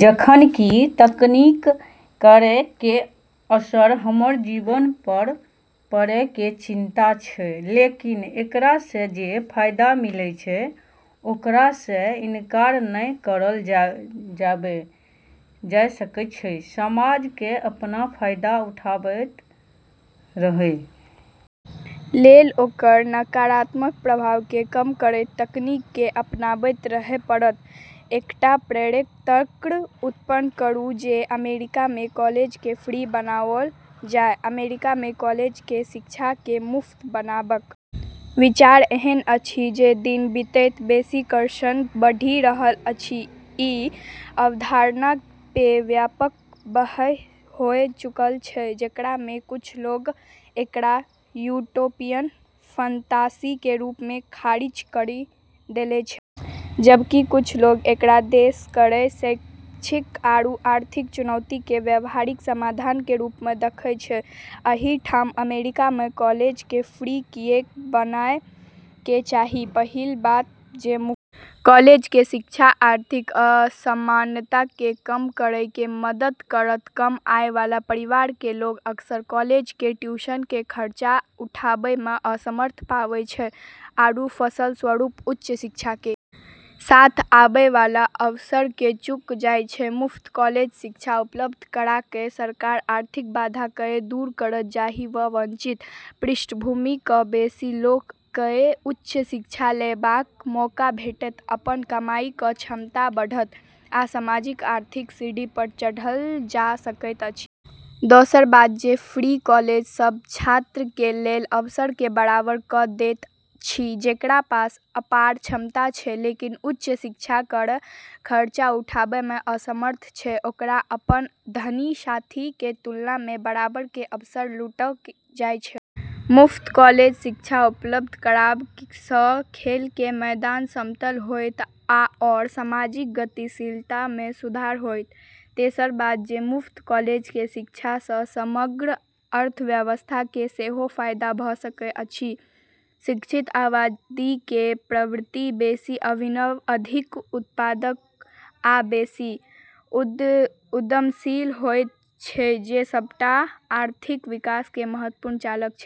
जखन कि तकनीक केरऽ असर हमरऽ जीवन पे पड़ै के चिंता छै लेकिन एकरा से जे फायदा मिलै छै ओकरा से इनकार नै करलऽ जाबे सकै छै। समाज के अपन फायदा उठाबैत रहय लेल ओकर नकारात्मक प्रभाव के कम करैत तकनीक के अपनाबैत रहय पड़त, एकटा प्रेरक तर्क उत्पन्न करू जे अमेरिका में कॉलेज के फ्री बनाओल जाय, अमेरिका में कॉलेज के शिक्षा के मुफ्त बनेबाक विचार एहन अछि जे दिन बीतैत बेसी कर्षण बढ़ि रहल अछि, ई अवधारणा पे व्यापक बहस होय चुकलऽ छै जेकरा मे कुछ लोगऽ एकरा यूटोपियन फंतासी के रूप मे खारिज करी देले छै जबकि कुछ लोगऽ एकरा देश केरऽ शैक्षिक आरू आर्थिक चुनौती के व्यावहारिक समाधान के रूप मे देखै छै, एहि ठाम अमेरिका मे कॉलेज के फ्री किएक बनाबय के चाही, पहिल बात जे मुफ्त कॉलेज के शिक्षा आर्थिक असमानता के कम करय मे मदद करत, कम आय वाला परिवार के लोग अक्सर कॉलेज के ट्यूशन के खर्चा उठाबै में असमर्थ पाबै छै आरू फलस्वरूप उच्च शिक्षा के साथ आबै वाला अवसर के चूक जाय छै, मुफ्त कॉलेज शिक्षा उपलब्ध करा क सरकार आर्थिक बाधा कए दूर करत जाहि स वंचित पृष्ठभूमि क बेसी लोक कए उच्च शिक्षा लेबाक मौका भेटत, अपन कमाई क क्षमता बढ़त, आ सामाजिक आर्थिक सीढ़ी पर चढ़ल जा सकैत अछि। दोसर बात जे फ्री कॉलेज सब छात्र के लेल अवसर के बराबर क दैत अछि जेकरा पास अपार क्षमता छै लेकिन उच्च शिक्षा केरऽ खर्चा उठाबै मे असमर्थ छै ओकरा अपनऽ धनी साथी के तुलना मे बराबर के अवसर लूटलऽ जाय छै। मुफ्त कॉलेज शिक्षा उपलब्ध कराबय सं खेल के मैदान समतल होएत आओर सामाजिक गतिशीलता मे सुधार होएत, तेसर बात जे मुफ्त कॉलेज शिक्षा सं समग्र अर्थव्यवस्था के सेहो फायदा भ सकैत अछि, शिक्षित आबादी कें प्रवृत्ति बेसि अभिनव, अधिक उत्पादक आ बेसि उद्यमशील होयत छै जे सबटा आर्थिक विकास कें महत्वपूर्ण चालक छै।